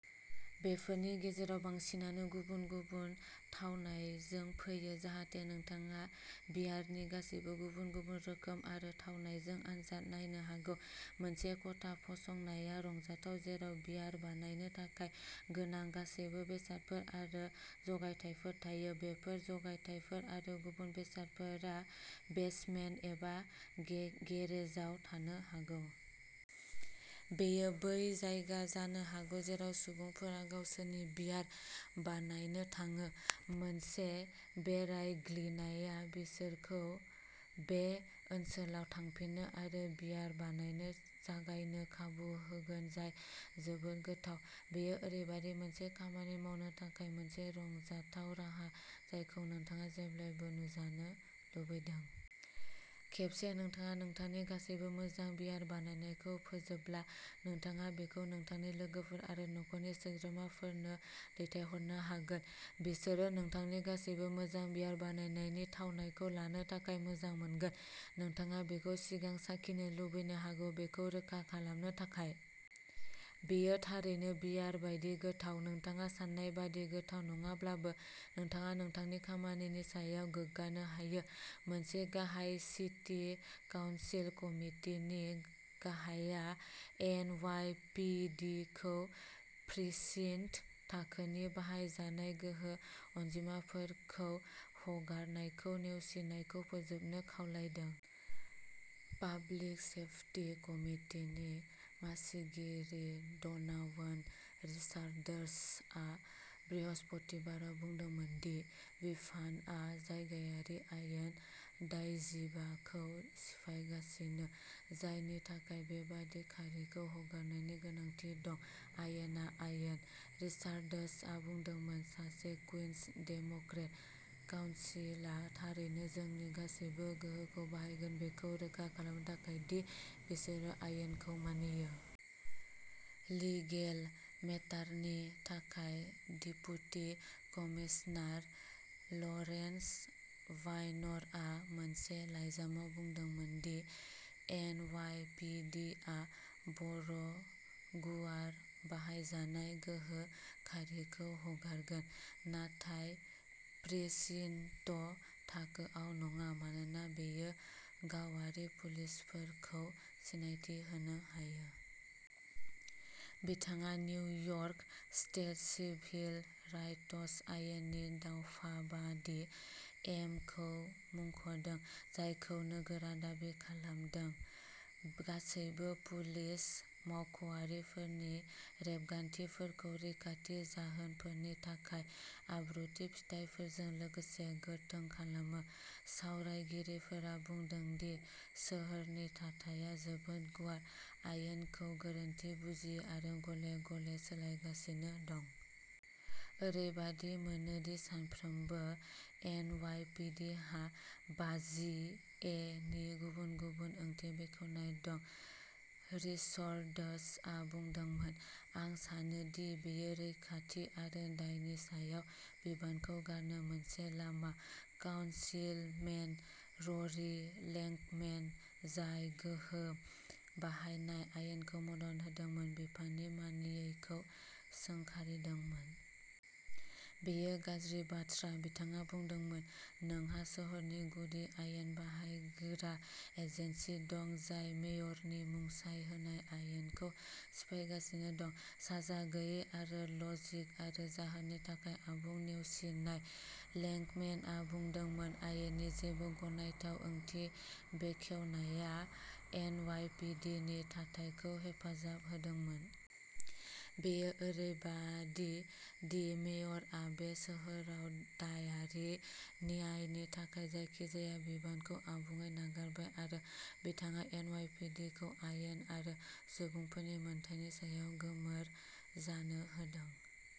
बेफोरनि गेजेराव बांसिनानो गुबुन-गुबुन थावनायजों फैयो जाहाथे नोंथाङा बियारनि गासैबो गुबुन-गुबुन रोखोम आरो थावनायजों आनजाद नायनो हायो। मोनसे खथा फसंनाया रंजाथाव जेराव बियार बानायनो थाखाय गोनां गासैबो बेसादफोर आरो जगायथायफोर थायो। बेफोर जगायथायफोर आरो गुबुन बेसादफोरा बेसमेन्ट एबा गेरेजाव थानो हागौ। बेयो बै जायगा जानो हागौ जेराव सुबुंफोरा गावसोरनि बियार बानायनो थाङो। मोनसे बेरायग्लिनाया बिसोरखौ बे ओनसोलाव थांफिननो आरो बियार बानायनो जागायनो खाबु होगोन जाय जोबोद गोथाव। बेयो ओरैबायदि मोनसे खामानि मावनो थाखाय मोनसे रंजाथाव राहा जायखौ नोंथाङा जेब्लाबो नाजानो लुबैदों। खेबसे नोंथाङा नोंथांनि गासैबो मोजां बियार बानायनायखौ फोजोबब्ला, नोंथाङा बेखौ नोंथांनि लोगोफोर आरो नखरनि सोद्रोमाफोरनो दैथायहरनो हागोन। बिसोरो नोंथांनि गासैबो मोजां बियार बानायनायनि थावनायखौ लानो थाखाय मोजां मोनगोन। नोंथाङा बेखौ सिगां साखिनो लुबैनो हागौ बेखौ रोखा खालामनो थाखाय। बेयो थारैनो बियार बायदि गोथाव। नोंथाङा सान्नाय बायदि गोथाव नङाब्लाबो, नोंथाङा नोंथांनि खामानिनि सायाव गोग्गानो हायो। मोनसे गाहाय सिटी काउन्सिल कमिटिनि गाहाया एन वाइ पि दि खौ प्रिसिन्ट-थाखोनि बाहायजानाय गोहो अनजिमाफोरखौ हगारनायखौ नेवसिनायखौ फोजोबनो खावलायदों। पाब्लिक सेफटि कमितिनि मासिगिरि ड'नावान रिचार्ड्सआ बृहस्पतिबाराव बुंदोंमोन दि बिफानआ जायगायारि आयेन दाइजिबाखौ सिफायगासिनो, जायनि थाखाय बेबादि खारिखौ हगारनायनि गोनांथि दं। "आयेना आयेन", रिचार्ड्सआ बुंदोंमोन, सासे कुइनस डेम'क्रेट। "काउनसिला थारैनो जोंनि गासैबो गोहोखौ बाहायगोन बेखौ रोखा खालामनो थाखाय दि बिसोरो आयेनखौ मानियो।" लिगेल मेटारनि थाखाय डेपुटि कमिसनार लरेन्स बायर्नआ मोनसे लाइजामाव बुंदोंमोन the N Y P D आ बर' गुवार बाहायजानाय गोहो खारिखौ हगारगोन, नाथाय प्रिसिन्ट थाखोआव नङा मानोना बेयो गावारि पुलिसफोरखौ सिनायथि होनो हायो। बिथाङा निउयर्क स्टेट सिभिल राइटस आयेननि दफा बाजि ए खौ मुंख'दों, जायखौ नोगोरा दाबि खालामदों। गासैबो पुलिस मावख'आरिफोरनि रेबगान्थिफोरखौ रैखाथि जाहोनफोरनि थाखाय आब्रुथि फिथायफोरजों लोगोसे गोथों खालामो। सावरायगिरिफोरा बुंदों दि सोहोरनि थाथाया जोबोद गुवार, आयेनखौ गोरोन्थि बुजियो आरो गले-गले सोलायगासिनो दं। "ओरैबायदि मोनो दि सानफ्रोमबो, एनवाईपीडीहा बाजि-ए नि गुबुन-गुबुन ओंथि बेखेवनाय दं", रिचर्ड्सआ बुंदोंमोन। "आं सानो दि बेयो रोखाथि आरो दायनि सायाव बिबानखौ गारनो मोनसे लामा।" काउनसिलमेन र'री लेंकमेन, जाय गोहो बाहायनाय आयेनखौ मदद होदोंमोन, बिफाननि मानियैखौ सोंखारिदोंमोन। "बेयो गाज्रि बाथ्रा", बिथाङा बुंदोंमोन। "नोंहा सोहोरनि गुदि आयेन बाहायग्रा एजेन्सि दं जाय मेयरनि मुंसाइ होनाय आयेनखौ सिफायगासिनो दं, साजा गैयै आरो लजिक आरो जाहोननि थाखाय आबुं नेवसिनाय।" लेंकमेनआ बुंदोंमोन "आयेननि जेबो गनायथाव ओंथि बेखेवनाया" एनवाईपीडीनि थाथायखौ हेफाजाब होगोन। "बेयो ओरैबादि दि मेयरआ बे सोहोराव दायारि न्यायनि थाखाय जायखिजाया बिबानखौ आबुङै नागारबाय आरो बिथाङा एनवाईपीडीखौ आयेन आरो सुबुंफोरनि मोनथायनि सायाव गोमोर जानो होदों।